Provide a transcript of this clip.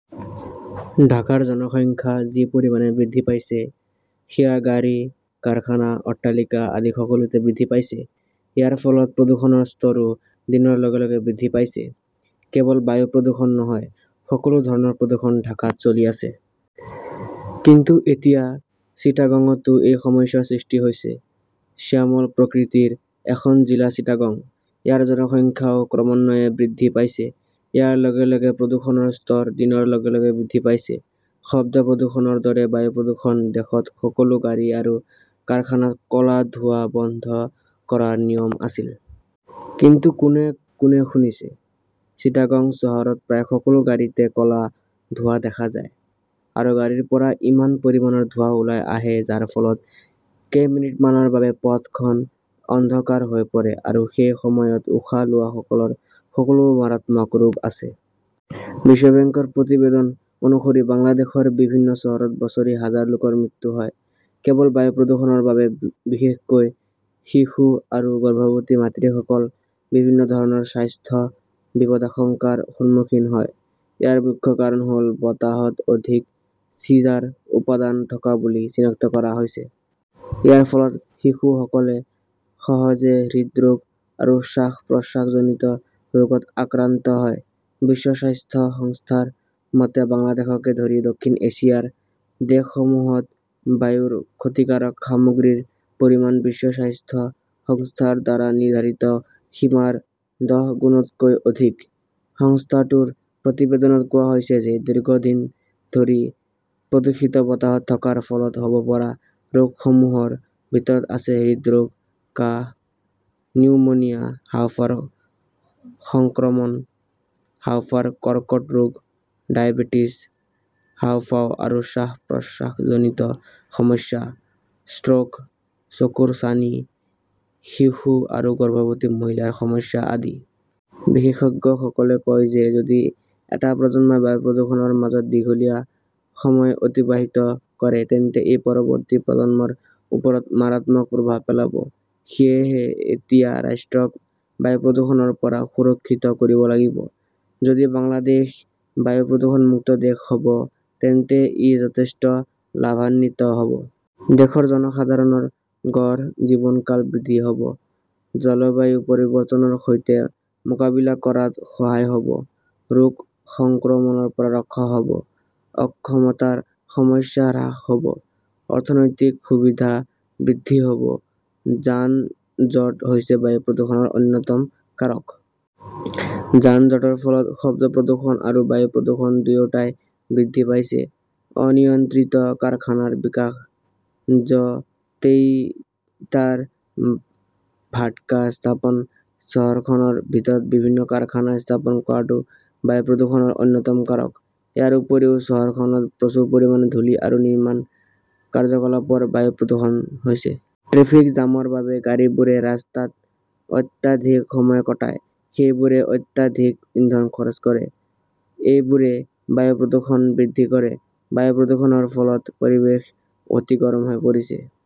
ঢাকাৰ জনসংখ্যা যি পৰিমাণে বৃদ্ধি পাইছে সেয়া গাড়ী, কাৰখানা, অট্টালিকা আদি সকলোতে বৃদ্ধি পাইছে। ইয়াৰ ফলত প্ৰদূষণৰ স্তৰো দিনৰ লগে লগে বৃদ্ধি পাইছে। কেৱল বায়ু প্ৰদূষণ নহয়, সকলো ধৰণৰ প্ৰদূষণ ঢাকাত চলি আছে। কিন্তু এতিয়া চিটাগঙটো এই সমস্যাৰ সৃষ্টি হৈছে। শ্যামল প্ৰকৃতিৰ এখন জিলা চিটাগং। ইয়াৰ জনসংখ্যাও ক্ৰমান্বয়ে বৃদ্ধি পাইছে। ইয়াৰ লগে লগে প্ৰদূষণৰ স্তৰ দিনৰ লগে লগে বৃদ্ধি পাইছে। শব্দ প্ৰদূষণৰ দৰে বায়ু প্ৰদূষণ। দেশত সকলো গাড়ী আৰু কাৰখানাত ক 'লা ধোঁৱা বন্ধ কৰাৰ নিয়ম আছিল। কিন্তু কোনে কোনে শুনিছে। চিটাগং চহৰত প্ৰায় সকলো গাড়ীতে ক 'লা ধোঁৱা দেখা যায়। আৰু গাড়ীৰ পৰা ইমান পৰিমাণৰ ধোঁৱা ওলাই আহে, যাৰ ফলত কেইমিনিটমানৰ বাবে পথখন অন্ধকাৰ হৈ পৰে। আৰু সেই সময়ত উশাহ লোৱাসকলৰ সকলো মাৰাত্মক ৰোগ আছে। বিশ্ব বেংকৰ প্ৰতিবেদন অনুসৰি, বাংলাদেশৰ বিভিন্ন চহৰত বছৰি হাজাৰ লোকৰ মৃত্যু হয়, কেৱল বায়ু প্ৰদূষণৰ বাবে, বিশেষকৈ শিশু আৰু গৰ্ভৱতী মাতৃসকল বিভিন্ন ধৰণৰ স্বাস্থ্য বিপদাশংকাৰ সন্মুখীন হয়। ইয়াৰ মুখ্য কাৰণ হ'ল, বতাহত অধিক চিজাৰ উপাদান থকা বুলি চিনাক্ত কৰা হৈছে। ইয়াৰ ফলত শিশুসকলে সহজে হৃদৰোগ আৰু শ্বাস-প্ৰশ্বাসজনিত ৰোগত আক্ৰান্ত হয়। বিশ্ব স্বাস্থ্য সংস্থাৰ মতে, বাংলাদেশকে ধৰি দক্ষিণ এছিয়াৰ দেশসমূহত বায়ুৰ ক্ষতিকাৰক সামগ্ৰীৰ পৰিমাণ বিশ্ব স্বাস্থ্য সংস্থাৰ দ্বাৰা নিৰ্ধাৰিত সীমাৰ দহগুণতকৈ অধিক। সংস্থাটোৰ প্ৰতিবেদনত কোৱা হৈছে যে, দীৰ্ঘদিন ধৰি প্ৰদূষিত বতাহত থকাৰ ফলত হ'ব পৰা ৰোগসমূহৰ ভিতৰত আছে হৃদৰোগ, কাহ, নিউমোনিয়া, হাঁওফাঁওৰ সংক্ৰমণ, হাঁওফাঁওৰ কৰ্কট ৰোগ, ডায়েবেটিছ, হাঁওফাঁও আৰু শ্বাস-প্ৰশ্বাসজনিত সমস্যা, ষ্ট্ৰ'ক, চকুৰ ছানি, শিশু আৰু গৰ্ভৱতী মহিলাৰ সমস্যা আদি। বিশেষজ্ঞসকলে কয় যে, যদি এটা প্ৰজন্মই বায়ু প্ৰদূষণৰ মাজত দীঘলীয়া সময় অতিবাহিত কৰে, তেন্তে ই পৰৱৰ্তী প্ৰজন্মৰ ওপৰত মাৰাত্মক প্ৰভাৱ পেলাব। সেয়েহে, এতিয়া ৰাষ্ট্ৰক বায়ু প্ৰদূষণৰ পৰা সুৰক্ষিত কৰিব লাগিব। যদি বাংলাদেশ বায়ু প্ৰদূষণ মুক্ত দেশ হ'ব, তেন্তে ই যথেষ্ট লাভান্বিত হ'ব। দেশৰ জনসাধাৰণৰ গড় জীৱনকাল বৃদ্ধি হ 'ব, জলবায়ু পৰিৱৰ্তনৰ সৈতে মোকাবিলা কৰাত সহায় হ' ব, ৰোগ সংক্ৰমণৰ পৰা ৰক্ষা হ 'ব, অক্ষমতাৰ সমস্যা হ্ৰাস হ' ব, অৰ্থনৈতিক সুবিধা বৃদ্ধি হ'ব। যান-জঁট হৈছে বায়ু প্ৰদূষণৰ অন্যতম কাৰক। যান-জঁটৰ ফলত শব্দ প্ৰদূষণ আৰু বায়ু প্ৰদূষণ দুয়োটাই বৃদ্ধি পাইছে। অনিয়ন্ত্ৰিত কাৰখানাৰ বিকাশ, য 'তেই ইটাৰ ভাটকা স্থাপন, চহৰখনৰ ভিতৰত বিভিন্ন কাৰখানা স্থাপন কৰাটো বায়ু প্ৰদূষণৰ অন্যতম কাৰক। ইয়াৰ উপৰিও চহৰখনত প্ৰচুৰ পৰিমাণে ধূলি আৰু নিৰ্মাণ কাৰ্যকলাপৰ বায়ু প্ৰদূষণ হৈছে। ট্ৰেফিক জামৰ বাবে গাড়ীবোৰে ৰাস্তাত অত্যাধিক সময় কটায়, সেইবোৰে অত্যাধিক ইন্ধন খৰচ কৰে, এইবোৰে বায়ু প্ৰদূষণ বৃদ্ধি কৰে। বায়ু প্ৰদূষণৰ ফলত পৰিৱেশ অতি গৰম হৈ পৰিছে।